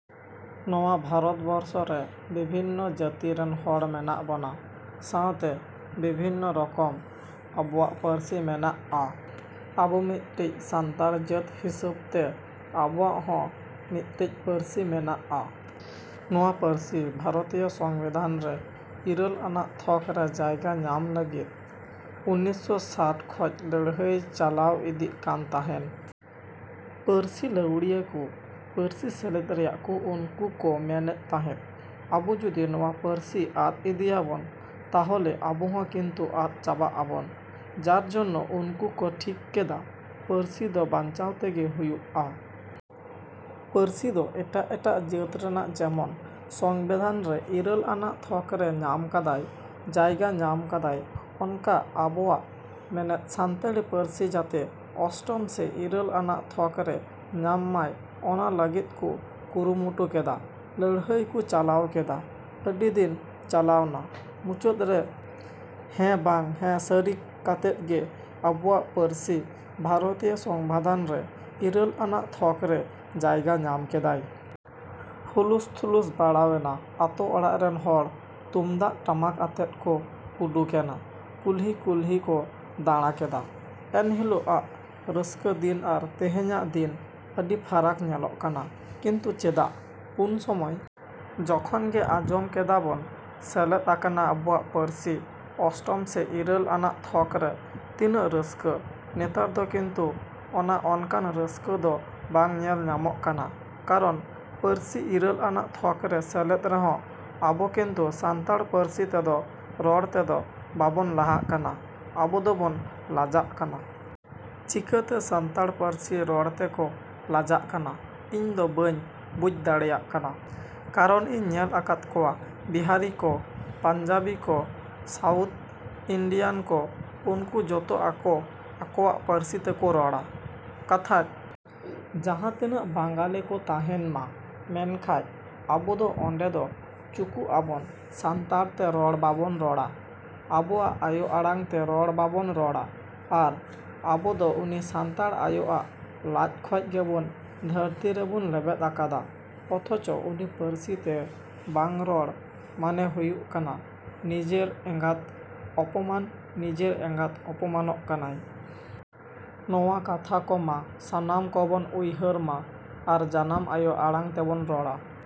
ᱱᱚᱣᱟ ᱵᱷᱟᱨᱚᱛ ᱵᱚᱨᱥᱚ ᱨᱮ ᱵᱤᱵᱷᱤᱱᱱᱚ ᱡᱟᱹᱛᱤ ᱨᱮᱱ ᱦᱚᱲ ᱢᱮᱱᱟᱜ ᱵᱚᱱᱟ ᱥᱟᱶᱛᱮ ᱵᱤᱵᱷᱤᱱᱱᱚ ᱨᱚᱠᱚᱢ ᱟᱵᱚᱣᱟᱜ ᱯᱟᱹᱨᱥᱤ ᱢᱮᱱᱟᱜᱼᱟ᱾ ᱟᱵᱚ ᱢᱤᱫᱴᱤᱡ ᱥᱟᱱᱛᱟᱲ ᱡᱟᱹᱛ ᱦᱤᱥᱟᱹᱵ ᱛᱮ ᱟᱵᱚᱣᱟᱜ ᱦᱚᱸ ᱢᱤᱫᱴᱤᱡ ᱯᱟᱹᱨᱥᱤ ᱢᱮᱱᱟᱜᱼᱟ᱾ ᱱᱚᱣᱟ ᱯᱟᱹᱨᱥᱤ ᱵᱷᱟᱨᱚᱛᱤᱭᱚ ᱥᱚᱝᱵᱤᱫᱷᱟᱱ ᱨᱮ ᱤᱨᱟᱹᱞ ᱟᱱᱟᱜ ᱛᱷᱚᱠ ᱨᱮ ᱡᱟᱭᱜᱟ ᱧᱟᱢ ᱞᱟᱹᱜᱤᱫ ᱩᱱᱤᱥᱥᱚ ᱥᱟᱴ ᱠᱷᱚᱡ ᱞᱟᱹᱲᱦᱟᱹᱭ ᱪᱟᱞᱟᱣ ᱤᱫᱤᱜ ᱠᱟᱱ ᱛᱟᱦᱮᱱ᱾ ᱯᱟᱹᱨᱥᱤ ᱞᱟᱹᱣᱲᱤᱭᱟᱹ ᱠᱚ ᱯᱟᱹᱨᱥᱤ ᱥᱮᱞᱮᱫ ᱨᱮᱭᱟᱜ ᱠᱚ ᱩᱱᱠᱩ ᱠᱚ ᱢᱮᱱᱮᱫ ᱛᱟᱦᱮᱸᱫ ᱟᱵᱚ ᱡᱩᱫᱤ ᱱᱚᱣᱟ ᱯᱟᱹᱨᱥᱤ ᱟᱫᱽ ᱤᱫᱤᱭᱟᱵᱚᱱ ᱛᱟᱦᱚᱞᱮ ᱟᱵᱚᱦᱚᱸ ᱠᱤᱱᱛᱩ ᱟᱫᱽ ᱪᱟᱵᱟᱜ ᱟᱵᱚᱱ ᱡᱟᱨ ᱡᱚᱱᱱᱚ ᱩᱱᱠᱩ ᱠᱚ ᱴᱷᱤᱠ ᱠᱮᱫᱟ ᱯᱟᱹᱨᱥᱤ ᱫᱚ ᱵᱟᱧᱪᱟᱣ ᱛᱮᱜᱮ ᱦᱩᱭᱩᱜᱼᱟ᱾ ᱯᱟᱹᱨᱥᱤ ᱫᱚ ᱮᱴᱟᱜ ᱮᱴᱟᱜ ᱡᱟᱹᱛ ᱨᱮᱱᱟᱜ ᱡᱮᱢᱚᱱ ᱥᱚᱝᱵᱤᱫᱷᱟᱱ ᱨᱮ ᱤᱨᱟᱹᱞ ᱟᱱᱟᱜ ᱛᱷᱚᱠ ᱨᱮ ᱧᱟᱢ ᱠᱟᱫᱟᱭ ᱡᱟᱭᱜᱟ ᱧᱟᱢ ᱠᱟᱫᱟᱭ ᱚᱱᱠᱟ ᱟᱵᱚᱣᱟᱜ ᱢᱮᱱᱮᱫ ᱥᱟᱱᱛᱟᱲᱤ ᱯᱟᱹᱨᱥᱤ ᱡᱟᱛᱮ ᱚᱥᱴᱚᱢ ᱥᱮ ᱤᱨᱟᱹᱞ ᱟᱱᱟᱜ ᱛᱷᱚᱠ ᱨᱮ ᱧᱟᱢ ᱢᱟᱭ ᱚᱱᱟ ᱞᱟᱹᱜᱤᱫ ᱠᱚ ᱠᱩᱨᱩᱢᱩᱴᱩ ᱠᱮᱫᱟ ᱞᱟᱹᱲᱦᱟᱹᱭ ᱠᱚ ᱪᱟᱞᱟᱣ ᱠᱮᱫᱟ ᱟᱹᱰᱤ ᱫᱤᱱ ᱪᱟᱞᱟᱣᱱᱟ ᱢᱩᱪᱟᱹᱫ ᱨᱮ ᱦᱮᱸ ᱵᱟᱝ ᱦᱮᱸ ᱥᱟᱹᱨᱤ ᱠᱟᱛᱮᱫ ᱜᱮ ᱟᱵᱚᱣᱟᱜ ᱯᱟᱹᱨᱥᱤ ᱵᱷᱟᱨᱚᱛᱤᱭᱚ ᱥᱚᱝᱵᱤᱫᱷᱟᱱ ᱨᱮ ᱤᱨᱟᱹᱞ ᱟᱱᱟᱜ ᱛᱷᱚᱠ ᱨᱮ ᱡᱟᱭᱜᱟ ᱧᱟᱢ ᱠᱮᱫᱟᱭ᱾ ᱦᱩᱞᱩᱥ ᱛᱷᱩᱞᱩᱥ ᱵᱟᱲᱟᱣᱮᱱᱟ ᱟᱛᱳ ᱚᱲᱟᱜ ᱨᱮᱱ ᱦᱚᱲ ᱛᱩᱢᱫᱟᱜ ᱴᱟᱠᱟᱠ ᱟᱛᱮᱫ ᱠᱚ ᱩᱰᱩᱠᱮᱱᱟ ᱠᱩᱞᱦᱤ ᱠᱩᱞᱦᱤ ᱠᱚ ᱫᱟᱬᱟ ᱠᱮᱫᱟ᱾ ᱮᱱ ᱦᱤᱞᱳᱜ ᱟᱜ ᱨᱟᱹᱥᱠᱟᱹ ᱫᱤᱱ ᱟᱨ ᱛᱮᱦᱮᱧᱟᱜ ᱫᱤᱱ ᱟᱹᱰᱤ ᱯᱷᱟᱨᱟᱠ ᱧᱮᱞᱚᱜ ᱠᱟᱱᱟ ᱠᱤᱱᱛᱩ ᱪᱮᱫᱟᱜ? ᱩᱱ ᱥᱚᱢᱚᱭ ᱡᱚᱠᱷᱚᱱ ᱜᱮ ᱟᱸᱡᱚᱢ ᱠᱮᱫᱟ ᱵᱚᱱ ᱥᱮᱞᱮᱫ ᱟᱠᱟᱱᱟ ᱟᱵᱚᱣᱟᱜ ᱯᱟᱹᱨᱥᱤ ᱚᱥᱴᱚᱢ ᱥᱮ ᱤᱨᱟᱹᱞ ᱟᱱᱟᱜ ᱛᱷᱚᱠ ᱨᱮ ᱛᱤᱱᱟᱹᱜ ᱨᱟᱹᱥᱠᱟᱹ ᱱᱮᱛᱟᱨ ᱫᱚ ᱠᱤᱱᱛᱩ ᱚᱱᱟ ᱚᱱᱠᱟᱱ ᱨᱟᱹᱥᱠᱟᱹ ᱫᱚ ᱵᱟᱝ ᱧᱮᱞ ᱧᱟᱢᱚᱜ ᱠᱟᱱᱟ ᱠᱟᱨᱚᱱ ᱯᱟᱹᱨᱥᱤ ᱤᱨᱟᱹᱞ ᱟᱱᱟᱜ ᱛᱷᱚᱠ ᱨᱮ ᱥᱮᱞᱮᱫ ᱨᱮᱦᱚᱸ ᱟᱵᱚ ᱠᱤᱱᱛᱩ ᱥᱟᱱᱛᱟᱲ ᱯᱟᱹᱨᱥᱤ ᱛᱮᱫᱚ ᱨᱚᱲ ᱛᱮᱫᱚ ᱵᱟᱵᱚᱱ ᱞᱟᱦᱟᱜ ᱠᱟᱱᱟ ᱟᱵᱚ ᱫᱚᱵᱚᱱ ᱞᱟᱡᱟᱜ ᱠᱟᱱᱟ᱾ ᱪᱤᱠᱟᱹᱛᱮ ᱥᱟᱱᱛᱟᱲ ᱯᱟᱹᱨᱥᱤ ᱨᱚᱲ ᱛᱮᱠᱚ ᱞᱟᱡᱟᱜ ᱠᱟᱱᱟ ᱤᱧᱫᱚ ᱵᱟᱹᱧ ᱵᱩᱡᱽ ᱫᱟᱲᱮᱭᱟᱜ ᱠᱟᱱᱟ᱾ ᱠᱟᱨᱚᱱ ᱤᱧ ᱧᱮᱞ ᱟᱠᱟᱫ ᱠᱚᱣᱟ ᱵᱤᱦᱟᱨᱤ ᱠᱚ ᱯᱟᱧᱡᱟᱵᱤ ᱠᱚ ᱥᱟᱣᱩᱛᱷ ᱤᱱᱰᱤᱭᱟᱱ ᱠᱚ ᱩᱱᱠᱩ ᱡᱚᱛᱚ ᱟᱠᱚ ᱟᱠᱚᱣᱟᱜ ᱯᱟᱹᱨᱥᱤ ᱛᱮᱠᱚ ᱨᱚᱲᱟ ᱾ ᱠᱟᱛᱷᱟᱡ ᱡᱟᱦᱟᱸ ᱛᱤᱱᱟᱹᱜ ᱵᱟᱝᱜᱟᱞᱤ ᱠᱚ ᱛᱟᱦᱮᱱ ᱢᱟ ᱢᱮᱱᱠᱷᱟᱡ ᱟᱵᱚ ᱫᱚ ᱚᱸᱰᱮ ᱫᱚ ᱪᱩᱠᱩᱜ ᱟᱵᱚᱱ ᱥᱟᱱᱛᱟᱲ ᱛᱮ ᱨᱚᱲ ᱵᱟᱵᱚᱱ ᱨᱚᱲᱟ ᱟᱵᱚᱣᱟᱜ ᱟᱭᱳ ᱟᱲᱟᱝᱛᱮ ᱨᱚᱲ ᱵᱟᱵᱚᱱ ᱨᱚᱲᱟ ᱟᱨ ᱟᱵᱚᱫᱚ ᱩᱱᱤ ᱥᱟᱱᱛᱟᱲ ᱟᱭᱳ ᱟᱜ ᱞᱟᱡ ᱠᱷᱚᱡ ᱜᱮᱵᱚᱱ ᱫᱷᱟᱨᱛᱤ ᱨᱮᱵᱚᱱ ᱞᱮᱵᱮᱫ ᱟᱠᱟᱫᱟ ᱚᱛᱷᱚᱪᱚ ᱩᱱᱤ ᱯᱟᱹᱨᱥᱤ ᱛᱮ ᱵᱟᱝ ᱨᱚᱲ ᱢᱟᱱᱮ ᱦᱩᱭᱩᱜ ᱠᱟᱱᱟ ᱱᱤᱡᱮᱨ ᱮᱸᱜᱟᱛ ᱚᱯᱚᱢᱟᱱ ᱱᱤᱡᱮᱨ ᱮᱸᱜᱟᱛ ᱚᱯᱚᱢᱟᱱᱚᱜ ᱠᱟᱱᱟᱭ᱾ ᱱᱚᱣᱟ ᱠᱟᱛᱷᱟ ᱠᱚ ᱢᱟ ᱥᱟᱱᱟᱢ ᱠᱚᱵᱚᱱ ᱩᱭᱦᱟ.ᱨ ᱢᱟ ᱟᱨ ᱡᱟᱱᱟᱢ ᱟᱭᱳ ᱟᱲᱟᱝ ᱛᱮᱵᱚᱱ ᱨᱚᱲᱟ ᱾